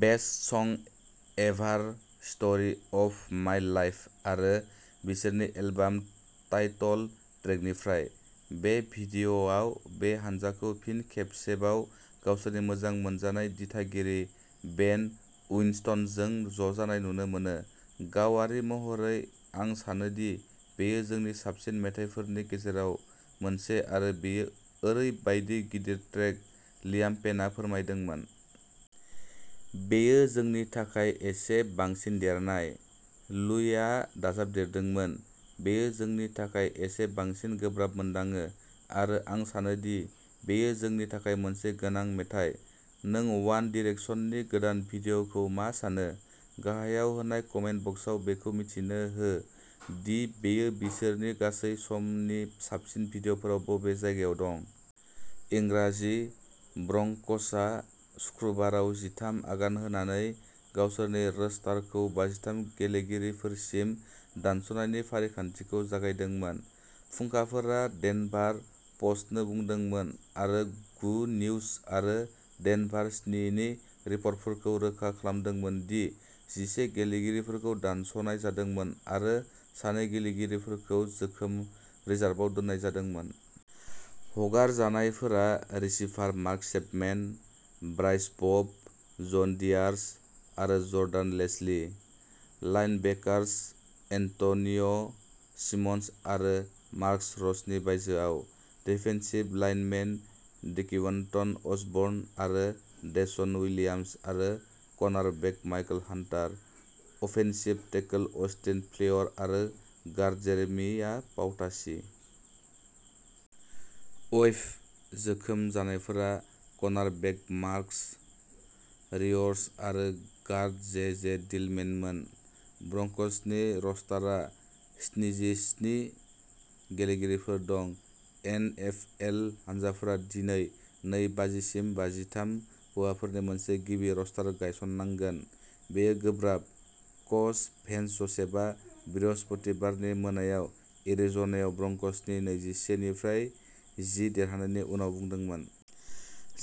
Best song ever story of my लाइफ'आरो बिसोरनि album title ट्रेकनिफ्राय। बे भिडिय'आव बे हानजाखौ फिन खेबसेबाव गावसोरनि मोजां मोनजानाय दिथागिरि बेन उइनस्टनजों ज'जानाय नुनो मोनो। "गावारि महरै, आं सानोदि बेयो जोंनि साबसिन मेथाइफोरनि गेजेराव मोनसे आरो बेयो ओरैबायदि गिदिर ट्रेक", लियाम पेनआ फोरमायदोंमोन। "बेयो जोंनि थाखाय एसे बांसिन देरनाय।" लुइआ दाजाबदेरदोंमोनः "बेयो जोंनि थाखाय एसे बांसिन गोब्राब मोनदाङो आरो आं सानोदि बेयो जोंनि थाखाय मोनसे गोनां मेथाइ।" नों वान डिरेकसननि गोदान भिडिय'खौ मा सानो? गाहायाव होनाय कमेन्ट बक्सआव बेखौ मिथिनो हो दि बेयो बिसोरनि गासै समनि साबसिन भिडिय'फोराव बबे जायगायाव दं। इंराजि-ब्रंक'सआ सुक्रुबाराव जिथाम आगान होनानै गावसोरनि रोस्टारखौ बाजिथाम गेलेगिरिफोरसिम दानस'नायनि फारिखान्थिखौ जागायदोंमोन। फुंखाफोरा डेनभार प'स्टनो बुंदोंमोन आरो गु निउज आरो डेनभार स्नि नि रिपर्टफोरखौ रोखा खालामदोंमोन दि जिसे गेलेगिरिफोरखौ दानस'नाय जादोंमोन आरो सानै गेलेगिरिफोरखौ जोखोम रिजार्भआव दोननाय जादोंमोन। हगारजानायफोरा receiver Mark Chapman, Bryce Bobo', John Diarse आरो जर्डान लेस्ली, लाइनबेकार्स एन्ट'निय'सिमन्स आरो मार्कस रशनि बायजोआव, डिफेन्सिभ लाइनमेन डेक्विन्टन असबर्न आरो डेश'न विलियम्स आरो cornerback Michael Hunter, offensive tackle Austin Fleer आरो गार्ड जेरेमिया पाउटासी। वेइभ्ड-जोखोम जानायफोरा कर्नारबेक मार्कस रिय'स आरो गार्ड जे. जे. डिलमेन मोन। ब्रंक'सनि रस्टारआ स्निजिस्नि गेलेगिरिफोर दं। एनएफएल हानजाफोरा दिनै नै बाजिसिम बाजिथाम हौवाफोरनि मोनसे गिबि रस्टार गायसननांगोन। "बेयो गोब्राब", कच भेन्स ज'सेफआ बृहस्पतिबारनि मोनायाव एरिज'नायाव ब्रंक'सनि नैजिसे निफ्राय जि देरहानायनि उनाव बुंदोंमोन।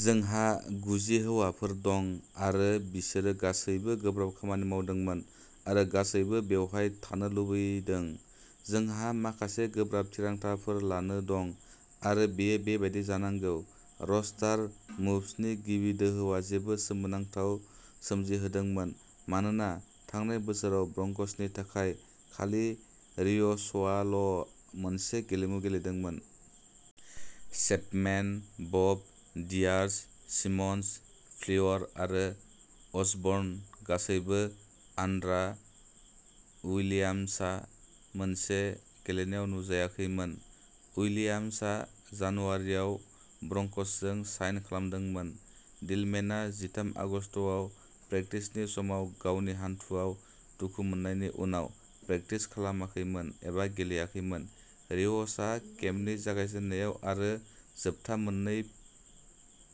"जोंहा गुजि हौवाफोर दं आरो बिसोरो गासैबो गोब्राब खामानि मावदोंमोन आरो गासैबो बेवहाय थानो लुबैदों। जोंहा माखासे गोब्राब थिरांथाफोर लानो दं आरो बेयो बेबादि जानांगौ।" रस्टार मूव्सनि गिबि दोहौआ जेबो सोमोनांथाव सोमजिहोदोंमोन मानोना थांनाय बोसोराव ब्रंक'सनि थाखाय खालि रिय'सआल'मोनसे गेलेमु गेलेदोंमोन। चेपमेन, ब'ब', डियार्स, सिमन्स, फ्लियर आरो असबर्न गासैबो आनड्रा विलियम्सा मोनसे गेलेनायाव नुजायाखैमोन। उइलियाम्सा जानुवारियाव ब्रंकसजों साइन खालामदोंमोन। डिलमेनआ जिथाम आगस्तआव प्रेकटिसनि समाव गावनि हान्थुआव दुखु मोननायनि उनाव प्रेकटिस खालामाखैमोन एबा गेलेयाखैमोन। रिय'सआ केम्पनि जागायजेन्नायाव आरो जोबथा मोन्नै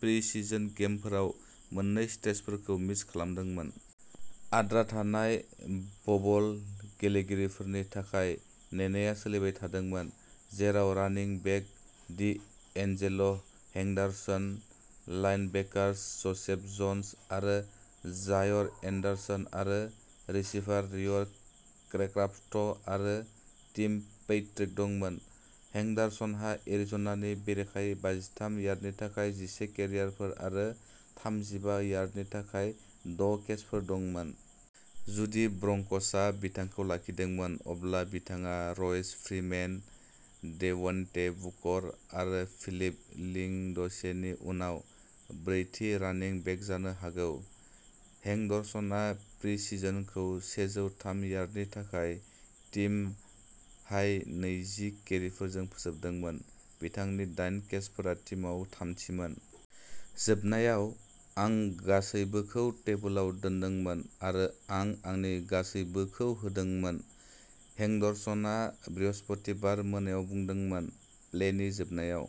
प्रिसिजन गेमफोराव मोन्नै स्ट्रेचफोरखौ मिस खालामदोंमोन। आद्रा थानाय बबल गेलेगिरिफोरनि थाखाय नेनाया सोलिबाय थादोंमोन, जेराव running back D'Angelo Henderson, linebackers Joseph Jones आरो जायर एंडरसन आरो रिसीभार रिवर क्रेक्राफ्ट आरो टिम पैट्रिक दंमोन। हेंडरसनहा एरिज'नानि बेरेखायै बाजिथाम यार्डनि थाखाय जिसे केरिफोर आरो थामजिबा यार्डनि थाखाय द'केचफोर दंमोन। जुदि ब्रंकसआ बिथांखौ लाखिदोंमोन, अब्ला बिथाङा रयस फ्रीमेन, डेवन्टे बुकर आरो फिलिप लिंडसेनि उनाव ब्रैथि रानिं बेक जानो हागौ। हेंडरसनआ प्रिसिजनखौ सेजौ थाम यार्डनि थाखाय टीम-हाई नैजि केरिफोरजों फोजोबदोंमोन। बिथांनि दाइन केचफोरा टीमआव थामथिमोन। "जोबनायाव, आं गासैबोखौ टेबोलाव दोनदोंमोन आरो आं आंनि गासैबोखौ होदोंमोन", हेंडरसनआ बृहस्पतिबार मोनायाव बुंदोंमोन प्लेनि जोबनायाव।